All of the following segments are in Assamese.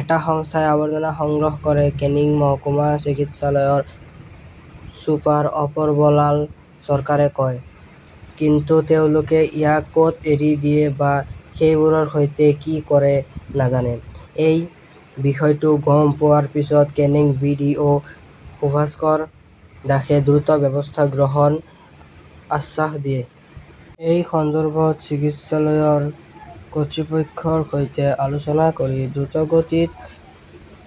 এটা সংস্থাই আৱৰ্জনা সংগ্ৰহ কৰে, কেনিং মহকুমা চিকিৎসালয়ৰ ছুপাৰ অপৰবলাল চৰকাৰে কয়। কিন্তু তেওঁলোকে ইয়াক কত এৰি দিয়ে বা সেইবোৰৰ সৈতে কি কৰে নাজানে। এই বিষয়টো গম পোৱাৰ পিছত Canning B. D. O. Shubhankar দাসে দ্ৰুত ব্যৱস্থা গ্ৰহণৰ আশ্বাস দিয়ে। এই সন্দৰ্ভত চিকিৎসালয়ৰ কৰ্তৃপক্ষৰ সৈতে আলোচনা কৰি দ্ৰুতগতিত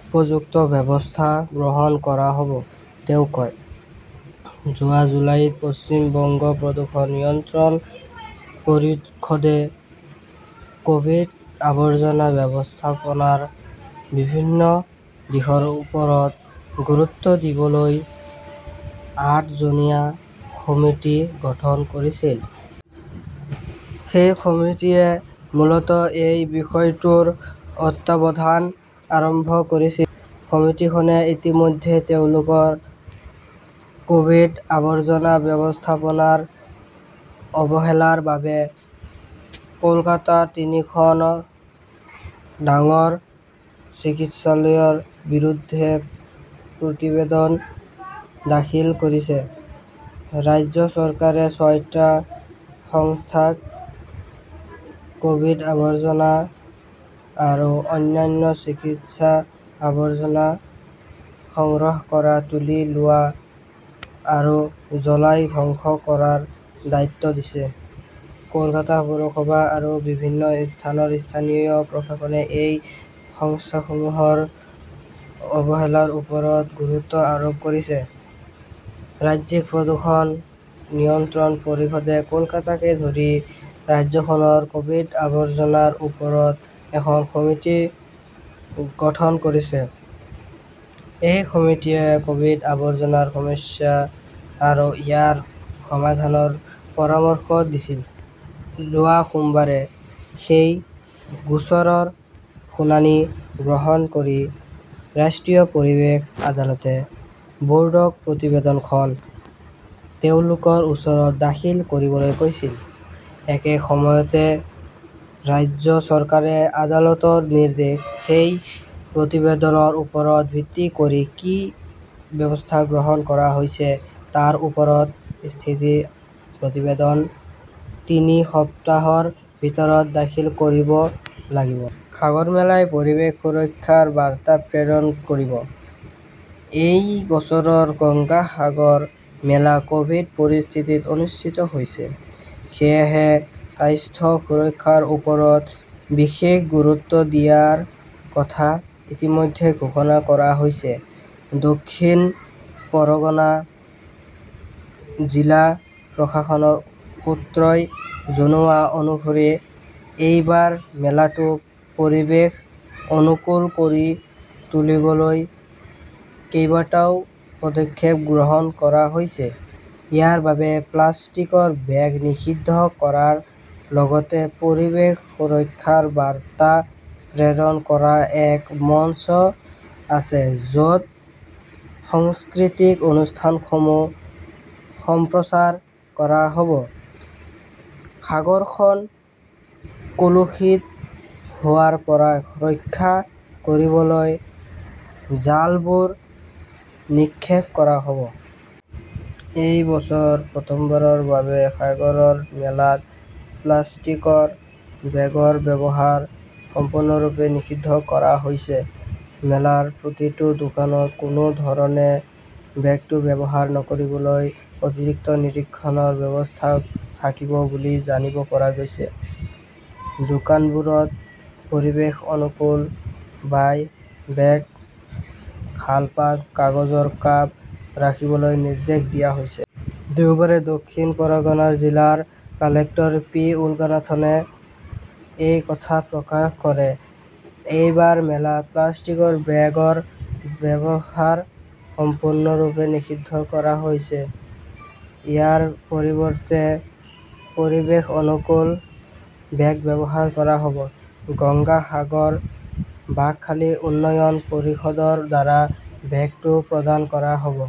উপযুক্ত ব্যৱস্থা গ্ৰহণ কৰা হব, তেওঁ কয়। যোৱা জুলাইত পশ্চিম বংগ প্ৰদূষণ নিয়ন্ত্ৰণ পৰিষদে ক'ভিড-আৱৰ্জনা ব্যৱস্থাপনাৰ বিভিন্ন দিশৰ ওপৰত গুৰুত্ব দিবলৈ আঠ জনীয়া সমিতি গঠন কৰিছিল। সেই সমিতিয়ে মূলতঃ এই বিষয়টোৰ তত্বাৱধান আৰম্ভ কৰিছিল। সমিতিখনে ইতিমধ্যে তেওঁলোকৰ কভিড-আৱৰ্জনা ব্যৱস্থাপনাৰ অৱহেলাৰ বাবে কলকাতাৰ তিনিখন ডাঙৰ চিকিৎসালয়ৰ বিৰুদ্ধে প্ৰতিবেদন দাখিল কৰিছে। ৰাজ্য চৰকাৰে ছয়টা সংস্থাক কভিড-আৱৰ্জনা আৰু অন্যান্য চিকিৎসা-আৱৰ্জনা সংগ্ৰহ কৰা, তুলি লোৱা আৰু জ্বলাই ধ্বংস কৰাৰ দায়িত্ব দিছে। কলকাতা পৌৰসভা আৰু বিভিন্ন স্থানৰ স্থানীয় প্ৰশাসনে এই সংস্থাসমূহৰ অৱহেলাৰ ওপৰত গুৰুত্ব আৰোপ কৰিছে। ৰাজ্যিক প্ৰদূষণ নিয়ন্ত্ৰণ পৰিষদে কলকাতাকে ধৰি ৰাজ্যখনৰ কভিড আৱৰ্জনাৰ ওপৰত এখন সমিতি গঠন কৰিছে। সেই সমিতিয়ে কভিড-আৱৰ্জনাৰ সমস্যা আৰু ইয়াৰ সমাধানৰ পৰামৰ্শ দিছিল। যোৱা সোমবাৰে সেই গোচৰৰ শুনানি গ্ৰহণ কৰি ৰাষ্ট্ৰীয় পৰিৱেশ আদালতে বোৰ্ডক প্ৰতিবেদনখন তেওঁলোকৰ ওচৰত দাখিল কৰিবলৈ কৈছিল। একে সময়তে, ৰাজ্য চৰকাৰে আদালতৰ নিৰ্দেশ, সেই প্ৰতিবেদনৰ ওপৰত ভিত্তি কৰি কি ব্যৱস্থা গ্ৰহণ কৰা হৈছে তাৰ ওপৰত 'স্থিতি প্ৰতিবেদন' তিনি সপ্তাহৰ ভিতৰত দাখিল কৰিব লাগিব। সাগৰমেলাই পৰিৱেশ সুৰক্ষাৰ বাৰ্তা প্ৰেৰণ কৰিব এই বছৰৰ গংগা সাগৰ মেলা কভিড পৰিস্থিতিত অনুষ্ঠিত হৈছে। সেয়েহে স্বাস্থ্য-সুৰক্ষাৰ ওপৰত বিশেষ গুৰুত্ব দিয়াৰ কথা ইতিমধ্যে ঘোষণা কৰা হৈছে। দক্ষিণ পৰগনা জিলা প্ৰশাসনৰ সূত্ৰই জনোৱা অনুসৰি এইবাৰ মেলাটো পৰিৱেশ অনুকূল কৰি তুলিবলৈ কেইবাটাও পদক্ষেপ গ্ৰহণ কৰা হৈছে। ইয়াৰ বাবে প্লাষ্টিকৰ বেগ নিষিদ্ধ কৰাৰ লগতে পৰিৱেশ সুৰক্ষাৰ বাৰ্তা প্ৰেৰণ কৰা এক মঞ্চ আছে য 'ত সাংস্কৃতিক অনুষ্ঠানসমূহ সম্প্ৰচাৰ কৰা হ' ব। সাগৰখন কলুষিত হোৱাৰ পৰা ৰক্ষা কৰিবলৈ জালবোৰ নিক্ষেপ কৰা হ'ব। এই বছৰ প্ৰথমবাৰৰ বাবে সাগৰ মেলাত প্লাষ্টিকৰ বেগৰ ব্যৱহাৰ সম্পূৰ্ণৰূপে নিষিদ্ধ কৰা হৈছে। মেলাৰ প্ৰতিটো দোকানত কোনো ধৰণে বেগটো ব্যৱহাৰ নকৰিবলৈ অতিৰিক্ত নিৰীক্ষণৰ ব্যৱস্থা থাকিব বুলি জানিব পৰা গৈছে। দোকানবোৰত পৰিৱেশ-অনুকূল বায় বেগ, শালপাত, কাগজৰ কাপ ৰাখিবলৈ নিৰ্দেশ দিয়া হৈছে। দেওবাৰে দক্ষিণ পৰগনাৰ জিলা কালেক্টৰ পি. উলগানাথনে এই কথা প্ৰকাশ কৰে। এই বাৰ মেলাত প্লাষ্টিকৰ বেগৰ ব্যৱহাৰ সম্পূৰ্ণৰূপে নিষিদ্ধ কৰা হৈছে। ইয়াৰ পৰিৱৰ্তে পৰিৱেশ অনুকূল বেগ ব্যৱহাৰ কৰা হ'ব। গংগা সাগৰ-বাকখালী উন্নয়ন পৰিষদৰ দ্বাৰা বেগটো প্ৰদান কৰা হ 'ব।